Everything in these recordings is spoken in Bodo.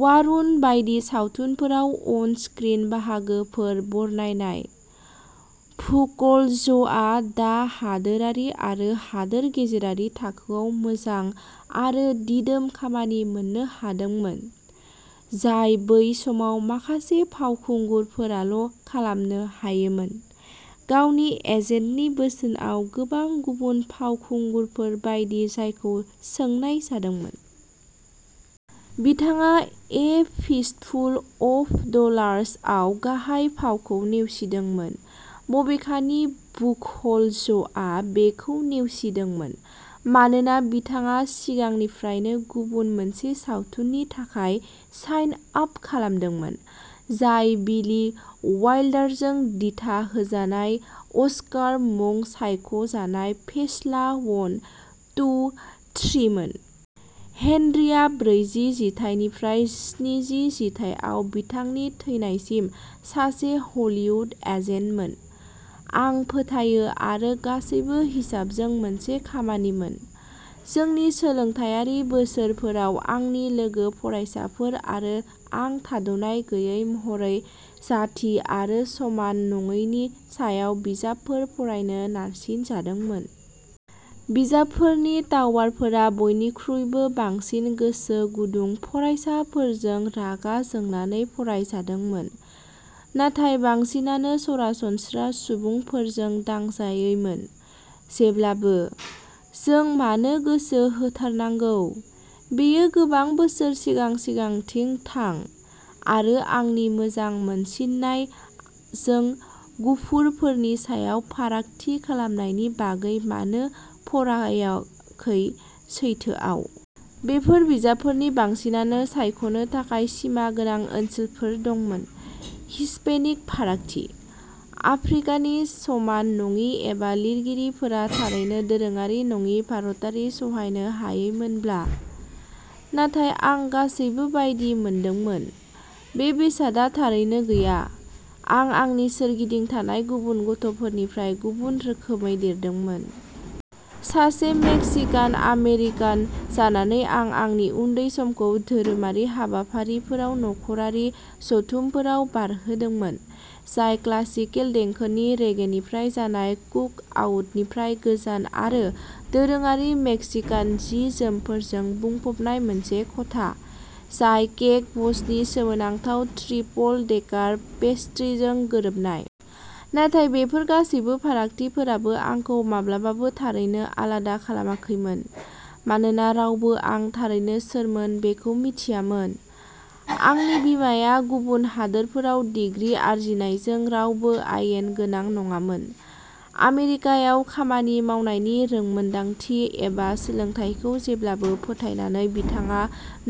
वारुम बायदि सावथुनफोराव अन स्क्रिन बाहागोफोर बरनायनाय। भुख'ल्जआ दा हादोरारि आरो हादोर गेजेरारि थाखोआव मोजां आरो दिदोम खामानि मोननो हादोंमोन। जाय बै समाव माखासे फावखुंगुरफोराल' खालामनो हायोमोन। गावनि एजेन्टनि बोसोनआव गोबां गुबुन फावखुंगुरफोर बायदि जायखौ सोंनाय जादोंमोन। बिथाङा ए फिस्टफुल अफ डलार्सआव गाहाय फावखौ नेवसिदोंमोन। बबेखानि बुख'ल्जआ बेखौ नेवसिदोंमोन। मानोना बिथाङा सिगांनिफ्रायनो गुबुन मोनसे सावथुननि थाखाय साइन आप खालामदोंमोन। जाय बिली वाइल्डारजों दिथाहोजानाय अस्कार मुं सायख' जानाय फेस्ला वन, टु, थ्रीमोन। हेनरीआ ब्रैजि जिथाइनिफ्राय स्निजि जिथाइआव बिथांनि थैनायसिम सासे हलीवुड एजेन्टमोन। आं फोथायो आरो गासैबो हिसाबजों मोनसे खामानिमोन। जोंनि सोलोंथायारि बोसोरफोराव आंनि लोगो फरायसाफोर आरो आं थाद'नाय गैयै महरै जाथि आरो समान नङैनि सायाव बिजाबफोर फरायनो नारसिनजादोंमोन। बिजाबफोरनि टावारफोरा बयनिख्रुइबो बांसिन गोसोगुदुं फरायसाफोरजों रागा जोंनानै फरायजादोंमोन। नाथाय बांसिनानो सरासनस्रा सुबुंफोरजों दांजायैमोन। जेब्लाबो। जों मानो गोसो होथारनांगौ। बेयो गोबां बोसोर सिगां सिगांथिं थां। आरो आंनि मोजां मोनसिननाय जों गुफुरफोरनि सायाव फारागथि खालामनायनि बागै मानो फरायाखै सैथोआव। बेफोर बिजाबफोरनि बांसिनानो सायख'नो थाखाय सिमा गोनां ओनसोलफोर दंमोन। हिस्पेनिक फारागथि। आफ्रिकानि समान नङि एबा लिरगिरिफोरा थारैनो दोरोङारि नङि भारतारि सहायनो हायैमोनब्ला। नाथाय आं गासैबो बायदि मोनदोंमोन। बे बेसादआ थारैनो गैया। आं आंनि सोरगिदिं थानाय गुबुन गथ'फोरनिफ्राय गुबुन रोखोमै देरदोंमोन। सासे मेक्सिकान आमेरिकान जानानै आं आंनि उन्दै समखौ धोरोमारि हाबाफारिफोराव नखरारि जथुमफोराव बारहोदोंमोन। जाय क्लासिकेल देंखोनि रेगेनिफ्राय जानाय कुकआउटनिफ्राय गोजान आरो दोरोङारि मेक्सिकान जि-जोमफोरजों बुंफबनाय मोनसे खथा। जाय केक बसनि सोमोनांथाव ट्रिपल-डेकार पेस्ट्रीजों गोरोबनाय। नाथाय बेफोर गासैबो फारागथिफोराबो आंखौ माब्लाबाबो थारैनो आलादा खालामाखैमोन। मानोना रावबो आं थारैनो सोरमोन बेखौ मिथियामोन। आंनि बिमाया गुबुन हादोफोराव डिग्री आरजिनायजों रावबो आयेन गोनां नङामोन। आमेरिकायाव खामानि मावनायनि रोंमोनदांथि एबा सोलोंथाइखौ जेब्लाबो फोथायनानै बिथाङा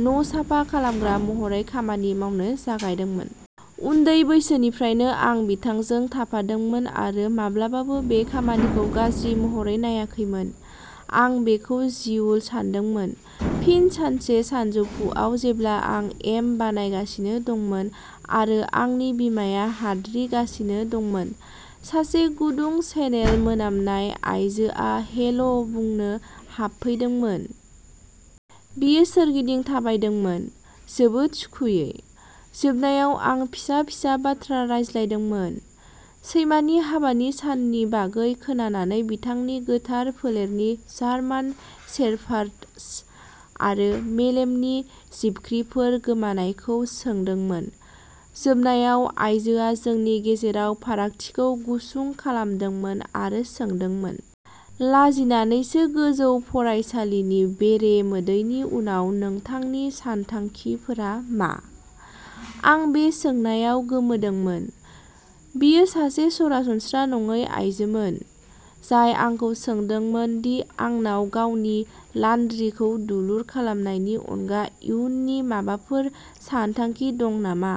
न'साफा खालामग्रा महरै खामानि मावनो जागायदोंमोन। उन्दै बैसोनिफ्रायनो आं बिथांजों थाफादोंमोन आरो माब्लाबाबो बे खामानिखौ गाज्रि महरै नायाखैमोन। आं बेखौ जिउल' सानदोंमोन। फिन सानसे सानजौफुआव जेब्ला आं एम बानायगासिनो दंमोन आरो आंनि बिमाया हाद्रि गासिनो दंमोन। सासे गुदुं चेनेल मोनामनाय आयजोआ हेल' बुंनो हाबफैदोंमोन। बियो सोरगिदिं थाबायदोंमोन। जोबोद सुखुयै। जोबनायाव आं फिसा-फिसा बाथ्रा रायज्लायदोंमोन। सैमानि हाबानि साननि बागै खोनानानै बिथांनि गोथार फोलेरनि जार्मान सेरफाडस आरो मेलेमनि जिबख्रिफोर गोमानायखौ सोंदोंमोन। जोबनायाव आइजोआ जोंनि गेजेराव फारागथिखौ गुसुं खालामदोंमोन आरो सोंदोंमोन। लाजिनानैसो गोजौ फरायसालिनि बेरे मोदैनि उनाव नोंथांनि सानथांखिफोरा मा? आं बे सोंनायाव गोमोदोंमोन। बियो सासे सरासनस्रा नङै आइजोमोन। जाय आंखौ सोंदोंमोन दि आंनाव गावनि लानड्रिखौ दुलुर खालामनायनि अनगा इयुननि माबाफोर सानथांखि दं नामा।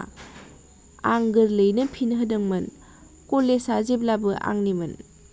आं गोरलैयैनो फिन होदोंमोन। कलेजआ जेब्लाबो आंनिमोन।